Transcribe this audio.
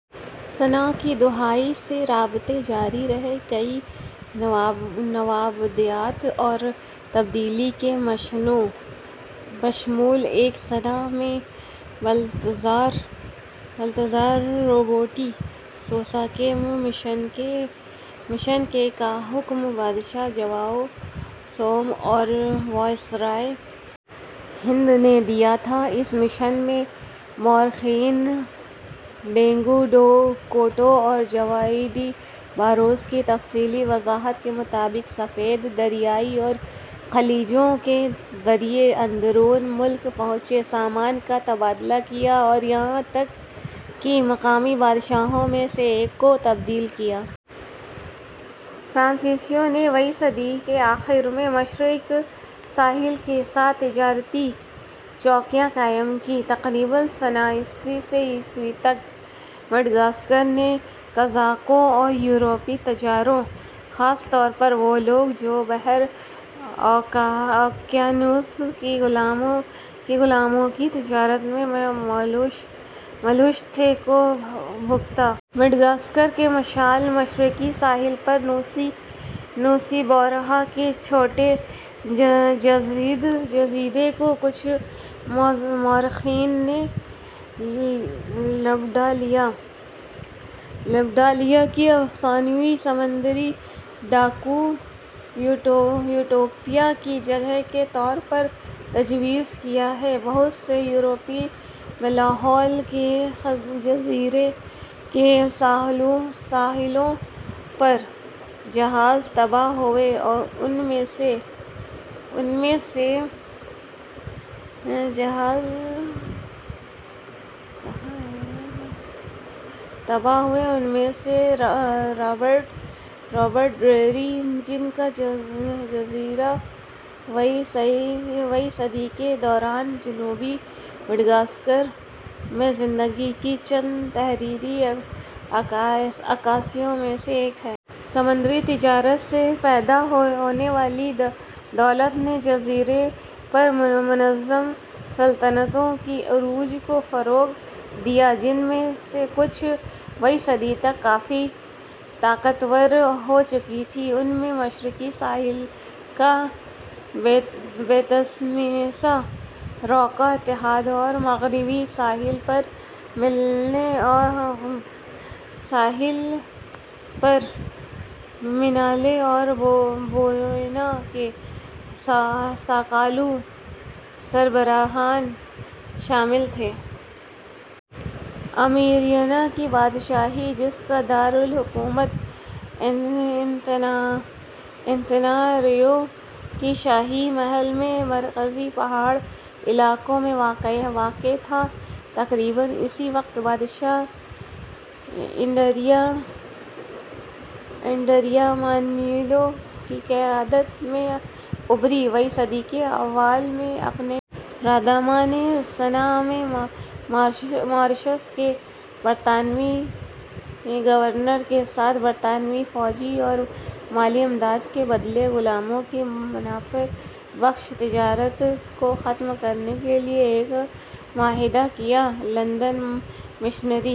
سنہ ء کی دہائی سے رابطے جاری رہے۔ کئی نوآبادیات اور تبدیلی کے مشنوں، بشمول ایک سنہ ء میں بالتزار لوبو ڈی سوسا کے مشن کے، کا حکم بادشاہ جواؤ سوم اور وائسرائے ہند نے دیا تھا، اس مشن میں، مورخین ڈیوگو ڈو کوٹو اور جواؤ ڈی باروس کی تفصیلی وضاحت کے مطابق، سفیر دریاؤں اور خلیجوں کے ذریعے اندرون ملک پہنچے، سامان کا تبادلہ کیا اور یہاں تک کہ مقامی بادشاہوں میں سے ایک کو تبدیل کیا۔ فرانسیسیوں نے ویں صدی کے آخر میں مشرقی ساحل کے ساتھ تجارتی چوکیاں قائم کیں۔ تقریباً سنہ ء سے ء تک، مڈغاسکر نے قزاقوں اور یورپی تاجروں، خاص طور پر وہ لوگ جو بحر اوقیانوس کی غلاموں کی تجارت میں ملوث تھے، کو بھگتا۔ مڈغاسکر کے شمال مشرقی ساحل پر نوسی بوروہا کے چھوٹے جزیرے کو کچھ مورخین نے لبرٹالیا کے افسانوی سمندری ڈاکو یوٹوپیا کی جگہ کے طور پر تجویز کیا ہے۔ بہت سے یورپی ملاحوں کے جزیرے کے ساحلوں پر بحری جہاز تباہ ہوئے، ان میں سے رابرٹ ڈریری، جن کا جریدہ ویں صدی کے دوران جنوبی مڈغاسکر میں زندگی کی چند تحریری عکاسیوں میں سے ایک ہے۔ سمندری تجارت سے پیدا ہونے والی دولت نے جزیرے پر منظم سلطنتوں کے عروج کو فروغ دیا، جن میں سے کچھ ویں صدی تک کافی طاقتور ہو چکی تھیں۔ ان میں مشرقی ساحل کا بیتسمیساراکا اتحاد اور مغربی ساحل پر مینابے اور بوینا کے ساکالوا سربراہان شامل تھے۔ امیرینا کی بادشاہی، جس کا دار الحکومت انتاناناریوو کے شاہی محل میں مرکزی پہاڑی علاقوں میں واقع تھا، تقریباً اسی وقت بادشاہ اینڈریامانیلو کی قیادت میں ابھری۔ ویں صدی کے اوائل میں اپنے راداما نے سنہ ء میں ماریشس کے برطانوی گورنر کے ساتھ برطانوی فوجی اور مالی امداد کے بدلے غلاموں کی منافع بخش تجارت کو ختم کرنے کے لیے ایک معاہدہ کیا۔ London missionary